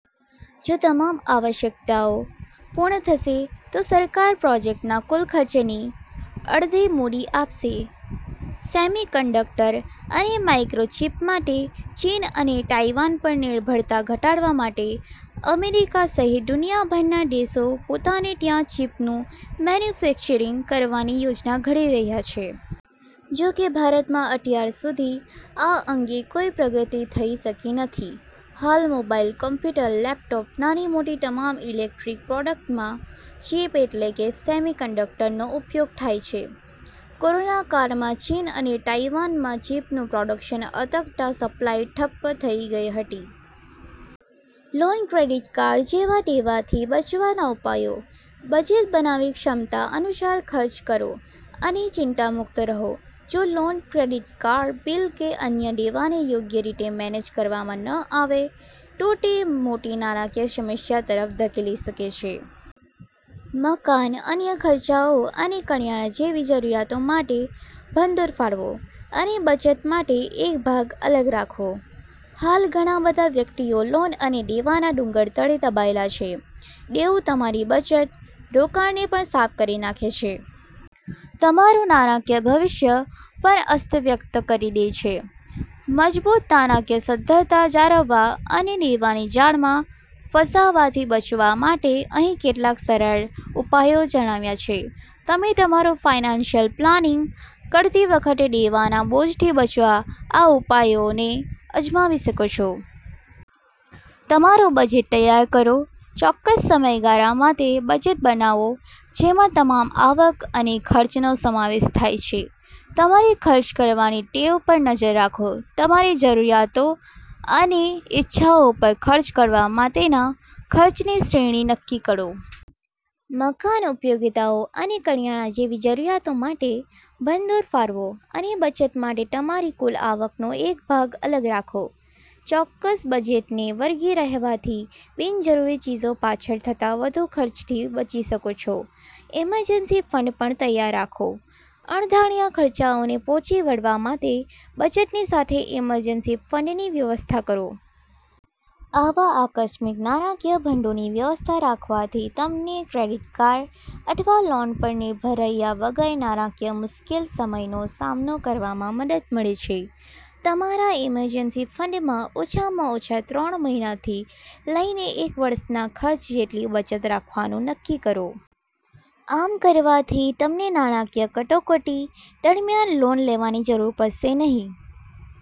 જો તમામ આવશ્યકતાઓ પૂર્ણ થશે તો સરકાર પ્રોજેક્ટના કુલ ખર્ચની અડધી મૂડી આપશે. સેમીકન્ડક્ટર અને માઇક્રો ચીપ માટે ચીન અને તાઇવાન પર નિર્ભરતા ઘટાડવા માટે અમેરિકા સહિત દુનિયાભરના દેશો પોતાને ત્યાં ચીપનું મેન્યુફેક્ચરિંગ કરવાની યોજના ઘડી રહ્યા છે. જો કે ભારતમાં અત્યાર સુધી આ અંગે કોઇ પ્રગતિ થઇ શકી નથી. હાલ મોબાઇલ, કોમ્પ્યુટર, લેપટોપ, નાની-મોટી તમામ ઇલેક્ટ્રિક પ્રોડક્ટમાં ચીપ એટલે કે સેમીકન્ડક્ટરનો ઉપયોગ થાય છે. કોરોના કાળમાં ચીન અને તાઇવાનમાં ચીપનું પ્રોડક્શન અટકતા સપ્લાય ઠપ્પ થઇ ગઇ હતી. લોન-ક્રેડિટ કાર્ડ જેવા દેવાથી બચવાના ઉપાયો; બજેટ બનાવી ક્ષમતા અનુસાર ખર્ચ કરો અને ચિંતામુક્ત રહો. જો લોન- ક્રેડિટ કાર્ડ બીલ કે અન્ય દેવાને યોગ્ય રીતે મેનેજ કરવામાં ન આવે તો તે મોટી નાણાકીય સમસ્યા તરફ ધકેલી શકે છે. મકાન, અન્ય ખર્ચાઓ અને કરિયાણા જેવી જરૂરિયાતો માટે ભંડોળ ફાળવો અને બચત માટે એક ભાગ અલગ રાખો. હાલ ઘણા બધા વ્યક્તિઓ લોન અને દેવાના ડુંગરતળે દબાયેલા છે. દેવું તમારી બચત – રોકાણ ને પણ સાફ કરી નાંખે છે. તમારું નાણાંકીય ભવિષ્ય પણ અસ્તવ્યક્ત કરી દે છે. મજબૂત નાણાકીય સદ્ધરતા જાળવવા અને દેવાની જાળમાં ફસાવાથી બચવા માટે અહીં કેટલાક સરળ ઉપાયો જણાવ્યા છે. તમે તમારું ફાઇનાન્સિયલ પ્લાનિગ કરતી વખતે દેવાના બોજથી બચવા આ ઉપાયોને અજમાવી શકો છો. તમારું બજેટ તૈયાર કરો, ચોક્કસ સમયગાળા માટે બજેટ બનાવો જેમાં તમામ આવક અને ખર્ચનો સમાવેશ થાય છે. તમારી ખર્ચ કરવાની ટેવ પર નજર રાખો. તમારી જરૂરિયાતો અને ઇચ્છાઓ પર ખર્ચ કરવા માટેના ખર્ચની શ્રેણી નક્કી કરો. મકાન, ઉપયોગિતાઓ અને કરિયાણા જેવી જરૂરિયાતો માટે ભંડોળ ફાળવો અને બચત માટે તમારી કુલ આવકનો એક ભાગ અલગ રાખો. ચોક્કસ બજેટને વળગી રહેવાથી બિનજરૂરી ચીજો પાછળ થતા વધુ ખર્ચથી બચી શકો છો. ઈમરજન્સી ફંડ પણ તૈયાર રાખો, અણધાર્યા ખર્ચાઓને પહોંચી વળવા માટે બચતની સાથે ઈમરજન્સી ફંડની વ્યવસ્થા કરો. આવા આકસ્મિક નાણાંકીય ભંડોળની વ્યવસ્થા રાખવાથી તમને ક્રેડિટ કાર્ડ અથવા લોન પર નિર્ભર રહ્યા વગર નાણાંકીય મુશ્કેલ સમયનો સામનો કરવામાં મદદ મળે છે. તમારા ઈમરજન્સી ફંડમાં ઓછામાં ઓછા ત્રણ મહિનાથી લઈને એક વર્ષના ખર્ચ જેટલી બચત રાખવાનું નક્કી કરો. આમ કરવાથી તમને નાણાંકીય કટોકટી દરમિયાન લોન લેવાની જરૂર પડશે નહી.